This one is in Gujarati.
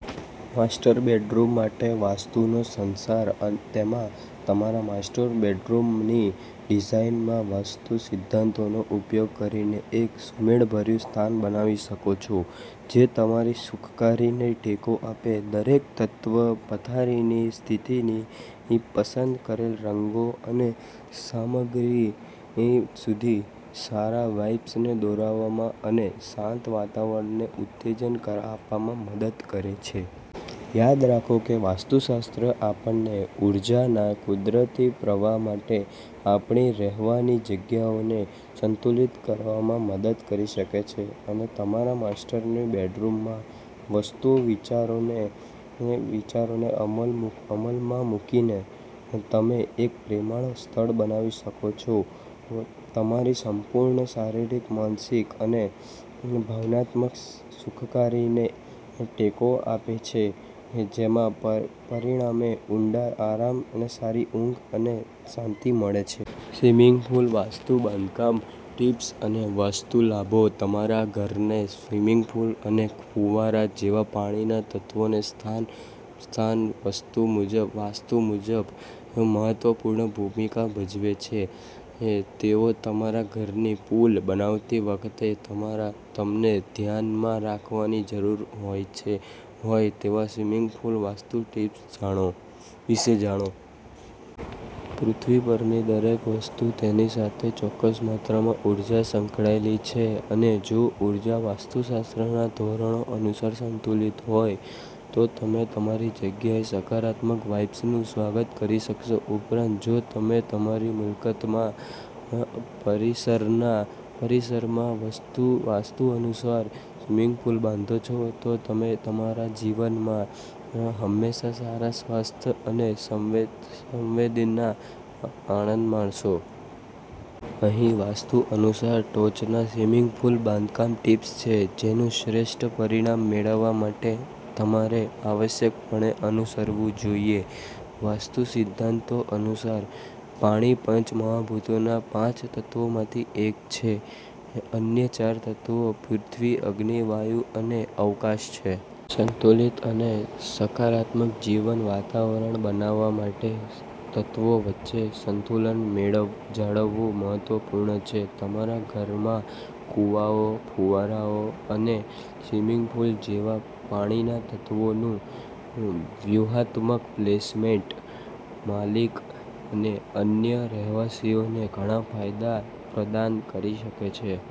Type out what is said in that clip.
માસ્ટર બેડરૂમ માટે વાસ્તુનો સારાંશ તમે તમારા માસ્ટર બેડરૂમની ડિઝાઇનમાં વાસ્તુ સિદ્ધાંતોનો ઉપયોગ કરીને એક સુમેળભર્યું સ્થાન બનાવી શકો છો જે તમારી સુખાકારીને ટેકો આપે. દરેક તત્વ, પથારીની સ્થિતિથી પસંદ કરેલ રંગો અને સામગ્રી સુધી, સારા વાઇબ્સમાં દોરવામાં અને શાંત વાતાવરણને ઉત્તેજન આપવામાં મદદ કરે છે. યાદ રાખો કે વાસ્તુશાસ્ત્ર આપણને ઊર્જાના કુદરતી પ્રવાહ સાથે આપણી રહેવાની જગ્યાઓને સંતુલિત કરવામાં મદદ કરી શકે છે. તમારા માસ્ટર બેડરૂમમાંવાસ્તુ વિચારોને અમલમાં મૂકીને, તમે એક પ્રેમાળ સ્થળ બનાવી શકો છો. તમારી સંપૂર્ણ શારીરિક, માનસિક અને ભાવનાત્મક સુખાકારીને ટેકો આપે છે, જેના પરિણામે ઊંડા આરામ, સારી ઊંઘ અને શાંતિ મળે છે. સ્વિમિંગ પૂલ વાસ્તુ બાંધકામ ટિપ્સ અને વાસ્તુ લાભો તમારા ઘરમાં સ્વિમિંગ પુલ અને ફુવારાઓ જેવા પાણીના તત્વોનું સ્થાન વાસ્તુ મુજબ મહત્વપૂર્ણ ભૂમિકા ભજવે છે. તેથી તમારા ઘરમાં પૂલ બનાવતી વખતે તમારે ધ્યાનમાં રાખવાની જરૂર હોય તેવા સ્વિમિંગ પૂલ વાસ્તુ ટિપ્સ વિશે જાણો. પૃથ્વી પરની દરેક વસ્તુ તેની સાથે ચોક્કસ માત્રામાં ઉર્જા સંકળાયેલી છે અને જોઉર્જા વાસ્તુશાસ્ત્રના ધોરણો અનુસાર સંતુલિત હોય, તો તમે તમારી જગ્યાએ સકારાત્મક વાઇબ્સનું સ્વાગત કરી શકશો. ઉપરાંત, જો તમે તમારી મિલકતના પરિસરમાં વાસ્તુ અનુસાર સ્વિમિંગ પૂલ બાંધો છો, તો તમે તમારા જીવનમાં હંમેશા સારા સ્વાસ્થ્ય અને સંવાદિતાનો આનંદ માણશો. અહીં વાસ્તુ અનુસાર ટોચના સ્વિમિંગ પૂલ બાંધકામ ટિપ્સ છે જેનું શ્રેષ્ઠ પરિણામ મેળવવા માટે તમારે આવશ્યકપણે અનુસરવું જોઈએ. વાસ્તુ સિદ્ધાંતો અનુસાર, પાણીપંચમહાભૂતોના પાંચ તત્વોમાંથી એક છે અને અન્ય ચાર તત્વો પૃથ્વી, અગ્નિ, વાયુ અને અવકાશ છે. સંતુલિત અને સકારાત્મક જીવન વાતાવરણ બનાવવા માટેતત્વો વચ્ચે સંતુલન જાળવવું મહત્વપૂર્ણ છે. તમારા ઘરમાં કુવાઓ, ફુવારા અથવા સ્વિમિંગ પુલ જેવા પાણીના તત્વોનું વ્યૂહાત્મક પ્લેસમેન્ટ, માલિક અને અન્ય રહેવાસીઓને ઘણા ફાયદા પ્રદાન કરી શકે છે.